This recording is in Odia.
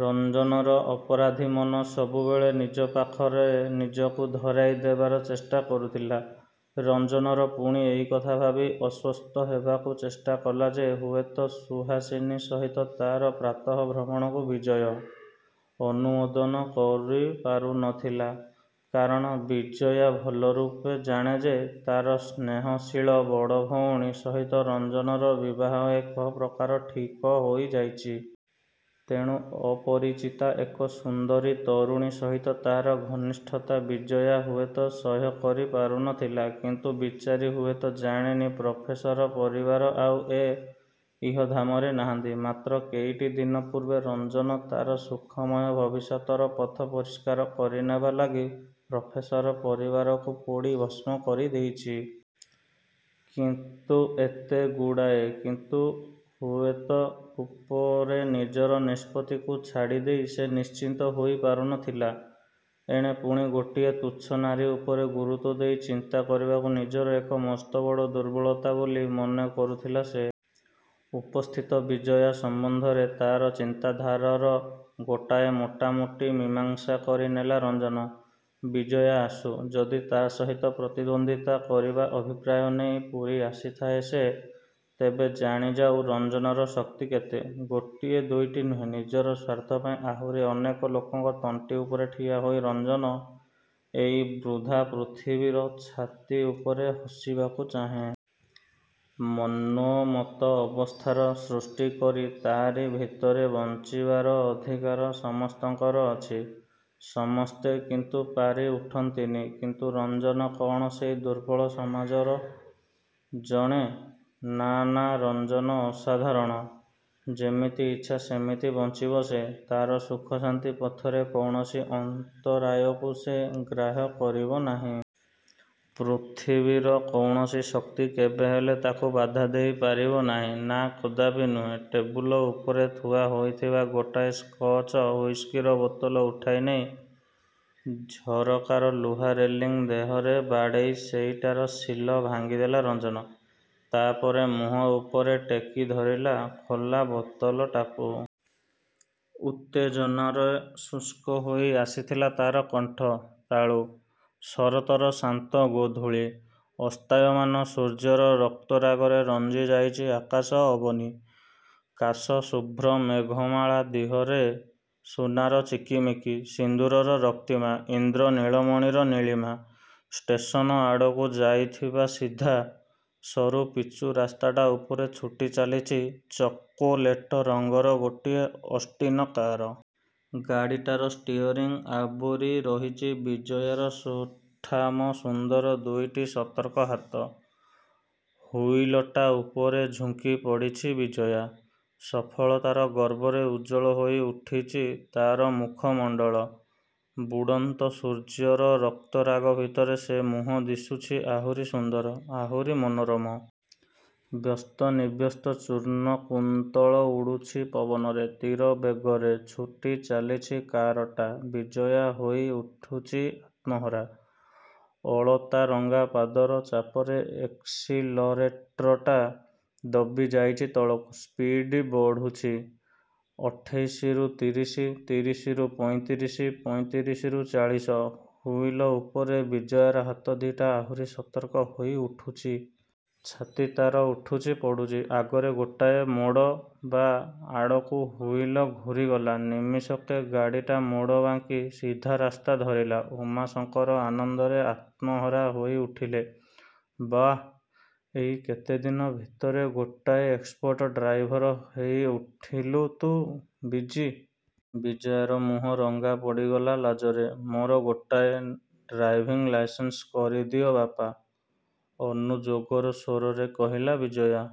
ରଞ୍ଜନର ଅପରାଧୀ ମନ ସବୁବେଳେ ନିଜ ପାଖରେ ନିଜକୁ ଧରାଇ ଦେବାର ଚେଷ୍ଟା କରୁଥିଲା। ରଞ୍ଜନର ପୁଣି ଏଇକଥା ଭାବି ଅଶ୍ଵସ୍ତ ହେବାକୁ ଚେଷ୍ଟା କଲା ଯେ ହୁଏତ ସୁହାସିନୀ ସହିତ ତା'ର ପ୍ରାତଃ ଭ୍ରମଣକୁ ବିଜୟା ଅନୁମୋଦନ କରିପାରୁ ନ ଥିଲା। କାରଣ ବିଜୟା ଭଲ ରୂପେ ଜାଣେ ଯେ ତା'ର ସ୍ନେହଶୀଳ ବଡ଼ ଭଉଣୀ ସହିତ ରଞ୍ଜନର ବିବାହ ଏକ ପ୍ରକାର ଠିକ ହୋଇ ଯାଇଚି। ତେଣୁ ଅପରିଚିତା ଏକ ସୁନ୍ଦରୀ ତରୁଣୀ ସହିତ ତା'ର ଘନିଷ୍ଠତା ବିଜୟା ହୁଏତ ସହ୍ୟ କରି ପାରୁ ନ ଥିଲା। କିନ୍ତୁ ବିଚାରି ହୁଏତ ଜାଣେନି ପ୍ରଫେସର ପରିବାର ଆଉ ଏ ଇହଧାମରେ ନାହାନ୍ତି। ମାତ୍ର କେଇଟିଦିନ ପୂର୍ବେ ରଞ୍ଜନ ତା'ର ସୁଖମୟ ଭବିଷ୍ୟତର ପଥ ପରିଷ୍କାର କରି ନେବା ଲାଗି ପ୍ରଫେସର ପରିବାରକୁ ପୋଡ଼ି ଭସ୍ମ କରି ଦେଇଚି। କିନ୍ତୁ ଏତେ ଗୁଡ଼ାଏ 'କିନ୍ତୁ' 'ହୁଏତ' ଉପରେ ନିଜର ନିଷ୍ପତ୍ତିକୁ ଛାଡ଼ି ଦେଇ ସେ ନିଶ୍ଚିନ୍ତ ହୋଇ ପାରୁ ନ ଥିଲା। ଏଣେ ପୁଣି ଗୋଟିଏ ତୁଚ୍ଛ ନାରୀ ଉପରେ ଗୁରୁତ୍ଵ ଦେଇ ଚିନ୍ତା କରିବାକୁ ନିଜର ଏକ ମସ୍ତବଡ଼ ଦୁର୍ବଳତା ବୋଲି ମନେ କରୁଥିଲା ସେ। ଉପସ୍ଥିତ ବିଜୟା ସମ୍ଵନ୍ଧରେ ତା'ର ଚିନ୍ତାଧାରର ଗୋଟାଏ ମୋଟା ମୋଟି ମୀମାଂସା କରି ନେଲା ରଞ୍ଜନ। ବିଜୟା ଆସୁ, ଯଦି ତା' ସହିତ ପ୍ରତିଦ୍ଵନ୍ଦିତା କରିବା ଅଭିପ୍ରାୟ ନେଇ ପୁରୀ ଆସିଥାଏ ସେ, ତେବେ ଜାଣି ଯାଉ ରଞ୍ଜନର ଶକ୍ତି କେତେ। ଗୋଟିଏ ଦୁଇଟି ନୁହେଁ, ନିଜର ସ୍ଵାର୍ଥ ପାଇଁ ଆହୁରି ଅନେକ ଲୋକଙ୍କ ତଣ୍ଟି ଉପରେ ଠିଆ ହୋଇ ରଞ୍ଜନ ଏଇ ବୃଦ୍ଧା ପୃଥିବୀର ଛାତି ଉପରେ ହସିବାକୁ ଚାହେଁ। ମନୋମତ ଅବସ୍ଥାର ସୃଷ୍ଟି କରି ତା'ରି ଭିତରେ ବଂଚିବାର ଅଧିକାର ସମସ୍ତଙ୍କର ଅଛି। ସମସ୍ତେ କିନ୍ତୁ ପାରି ଉଠନ୍ତିନି। କିନ୍ତୁ ରଞ୍ଜନ କଣ ସେଇ ଦୁର୍ବଳ ସମାଜର ଜଣେ? ନା, ନା, ରଞ୍ଜନ ଅସାଧାରଣ। ଯେମିତି ଇଚ୍ଛା ସେମିତି ବଂଚିବ ସେ। ତା'ର ସୁଖଶାନ୍ତି ପଥରେ କୌଣସି ଅନ୍ତରାୟକୁ ସେ ଗ୍ରାହ୍ୟ କରିବ ନାହିଁ। ପୃଥିବୀର କୌଣସି ଶକ୍ତି କେବେହେଲେ ତାକୁ ବାଧା ଦେଇ ପାରିବ ନାହିଁ। ନା କଦାପି ନୁହେଁ। ଟେବୁଲ ଉପରେ ଥିୁଆ ହୋଇଥିବା ଗୋଟାଏ ସ୍କଚ ହୁଇସ୍କିର ବୋତଲ ଉଠାଇ ନେଇ, ଝରକାର ଲୁହା ରେଲିଂ ଦେହରେ ବାଡ଼େଇ ସେଇଟାର ସିଲ ଭାଙ୍ଗିଦେଲା ରଞ୍ଜନ। ତା' ପରେ ମୁହଁ ଉପରେ ଟେକିଧରିଲା ଖୋଲା ବୋତଲଟାକୁ। ଉତ୍ତେଜନାରେ ଶୁଷ୍କ ହୋଇ ଆସିଥିଲା ତାର କଣ୍ଠ–ତାଳୁ। ଶରତର ଶାନ୍ତ ଗୋଧୁଳି। ଅସ୍ତାୟମାନ ସୂର୍ଯ୍ୟର ରକ୍ତରାଗରେ ରଞ୍ଜି ଯାଇଚି ଆକାଶ–ଅବନୀ। କାଶ–ଶୁଭ୍ର ମେଘମାଳା ଦିହରେ ସୁନାର ଚିକିମିକି। ସିନ୍ଦୁରର ରକ୍ତିମା। ଇନ୍ଦ୍ର ନୀଳମଣିର ନିଳୀମା। ଷ୍ଟେସନ ଆୁଡ଼କୁ ଯାଇଥିବା ସିଧା, ସରୁ ପିଚୁ ରାସ୍ତାଟା ଉପରେ ଛୁଟି ଚାଲିଛି ଚକୋଲେଟ ରଙ୍ଗର ଗୋଟିଏ ଅଷ୍ଟିନ କାର। ଗାଡ଼ିଟାର ଷ୍ଟିୟରିଂ ଆବୋରି ରହିଚି ବିଜୟାର ସୁଠାମ ସୁନ୍ଦର ଦୁଇଟି ସର୍ତକ ହାତ। ହୁଇଲଟା ଉପରେ ଝୁଙ୍କି ପଡ଼ିଛି ବିଜୟା। ସଫଳତାର ଗର୍ବରେ ଉଜ୍ଜ୍ୱଳ ହୋଇ ଉଠିଚି ତା'ର ମୁଖମଣ୍ତଳ। ବୁଡ଼ନ୍ତ ସୂର୍ଯ୍ୟର ରକ୍ତ ରାଗ ଭିତରେ ସେ ମୁହଁ ଦିଶୁଛି ଆହୁରି ସୁନ୍ଦର—ଆହୁରି ମନୋରମ। ବ୍ୟସ୍ତ ବିନ୍ୟସ୍ତ ଚୂର୍ଣ୍ଣକୁନ୍ତଳ ଉଡ଼ୁଛି ପବନରେ। ତୀର ବେଗରେ ଛୁଟି ଚାଲିଛି କାରଟା। ବିଜୟା ହୋଇ ଉଠୁଚି ଆତ୍ମହରା। ଅଳତାରଙ୍ଗା ପାଦର ଚାପରେ ଏକ୍ସିଲରେଟ୍ରଟା ଦବି ଯାଇଛି ତଳକୁ। ସ୍ପିଡ଼୍ ବଢ଼ୁଛି। ଅଠେଇଶିରୁ ତିରିଶି। ତିରିଶିରୁ ପଇଁତିରିଶି। ପଇଁତିରିଶିରୁ ଚାଳିଶ। ହୁଇଲ ଉପରେ ବିଜୟାର ହାତ ଦି'ଟା ଆହୁରି ସତର୍କ ହୋଇ ଉଠୁଚି। ଛାତି ତା'ର ଉଠୁଚି ପଡ଼ୁଚି। ଆଗରେ ଗୋଟାଏ ମୋଡ଼। ବାଁ ଆଡ଼କୁ ହୁଇଲ ଘୂରିଗଲା। ନିମିଷକେ ଗାଡ଼ିଟା ମୋଡ଼ ବାଙ୍କି ସିଧାରାସ୍ତା ଧରିଲା। ଉମାଶଙ୍କର ଆନନ୍ଦରେ ଆତ୍ମହରା ହୋଇ ଉଠିଲେ। "ବାଃ, ଏଇ କେତେଦିନ ଭିତରେ ଗୋଟାଏ ଏକ୍ସପର୍ଟ ଡ୍ରାଇଭର ହେଇ ଉଠିଲୁ ତୁ ବିଜୀ-। '' ବିଜୟାର ମୁହଁ ରଙ୍ଗା ପଡ଼ିଗଲା ଲାଜରେ। "ମୋର ଗୋଟାଏ। ଡ୍ରାଇଭିଂ ଲାଇସେନ୍ସ କରି ଦିଅ ବାପା। '' ଅନୁଯୋଗର ସ୍ଵରରେ କହିଲା ବିଜୟା।